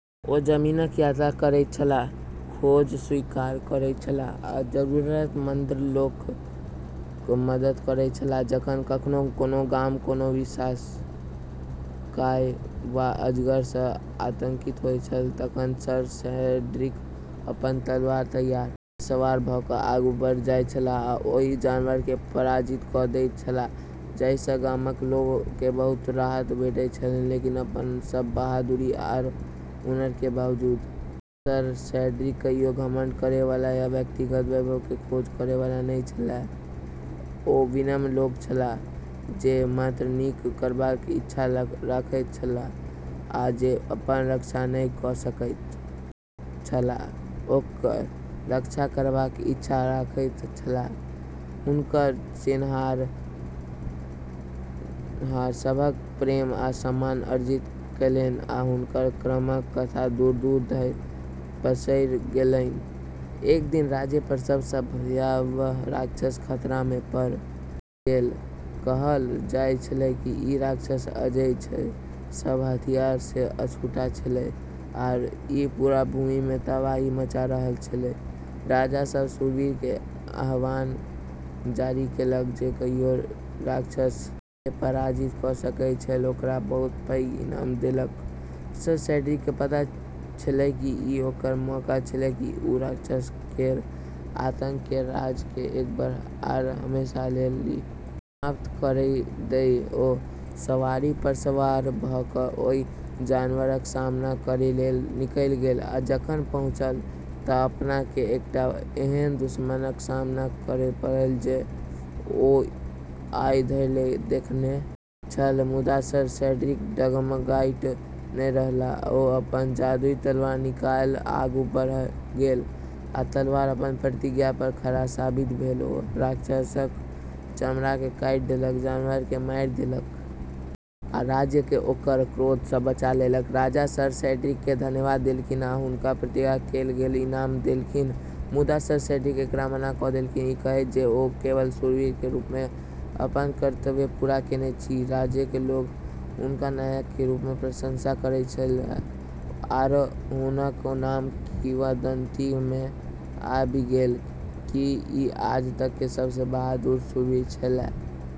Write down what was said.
ओ जमीनक यात्रा करैत छलाह, खोज स्वीकार करैत छलाह आ जरूरतमंद लोकक मदद करैत छलाह जखन कखनो कोनो गाम कोनो विशालकाय वा अजगर सँ आतंकित होइत छल तखन सर सेड्रिक अपन तलवार तैयार मे सवार भ क आगू बढ़ि जाइत छलाह आ ओहि जानवर केँ पराजित क दैत छलाह, जाहि सँ गामक लोक केँ बहुत राहत भेटैत छलनि, लेकिन अपनऽ सब बहादुरी आरू हुनर के बावजूद सर सेड्रिक कहियो घमंड करै वाला या व्यक्तिगत वैभव के खोज करै वाला नै छेलै ओ विनम्र लोक छलाह जे मात्र नीक करबाक इच्छा रखैत छलाह आ जे अपन रक्षा नहि क सकैत छलाह ओकर रक्षा करबाक इच्छा रखैत छलाह, हुनका चिन्हनिहार सभक प्रेम आ सम्मान अर्जित कयलनि आ हुनकर कर्मक कथा दूर-दूर धरि पसरि गेलनि, एक दिन राज्य पर सबसँ भयावह राक्षस खतरा मे पड़ि गेल, कहलऽ जाय छेलै कि ई राक्षस अजेय छै, सब हथियार से अछूता छेलै आरू ई पूरा भूमि मे तबाही मचा रहलऽ छेलै, राजा सब शूरवीर के आह्वान जारी केलक जे कियो राक्षस के पराजित क सकैत छल ओकरा बहुत पैघ इनाम देलक, सर सेड्रिक के पता छेलै कि ई ओकरऽ मौका छेकै कि उ राक्षस केरऽ आतंक केरऽ राज के एक बार आरू हमेशा लेली समाप्त करी दै ओ सवारी पर सवार भ क ओहि जानवरक सामना करय लेल निकलि गेल आ जखन पहुँचल त अपना केँ एकटा एहन दुश्मनक सामना करय पड़ल जे ओ आइ धरि देखने छल मुदा सर सेड्रिक डगमगाइत नहि रहलाह ओ अपन जादुई तलवार निकालि आगू बढ़ि गेल आ तलवार अपन प्रतिज्ञा पर खरा साबित भेल ओ राक्षसक चमड़ा केँ काटि देलक, जानवर केँ मारि देलक आ राज्य केँ ओकर क्रोध सँ बचा लेलक, राजा सर सेड्रिक के धन्यवाद देलखिन आ हुनका प्रतिज्ञा कयल गेल इनाम देलखिन मुदा सर सेड्रिक एकरा मना क देलखिन, ई कहैत जे ओ केवल शूरवीर के रूप में अपन कर्तव्य पूरा केने छी राज्य के लोग हुनका नायक के रूप में प्रशंसा करै छेलै आरो हुनकऽ नाम किंवदंती में आबी गेलै कि ई आज तक के सबसें बहादुर शूरवीर छेलै।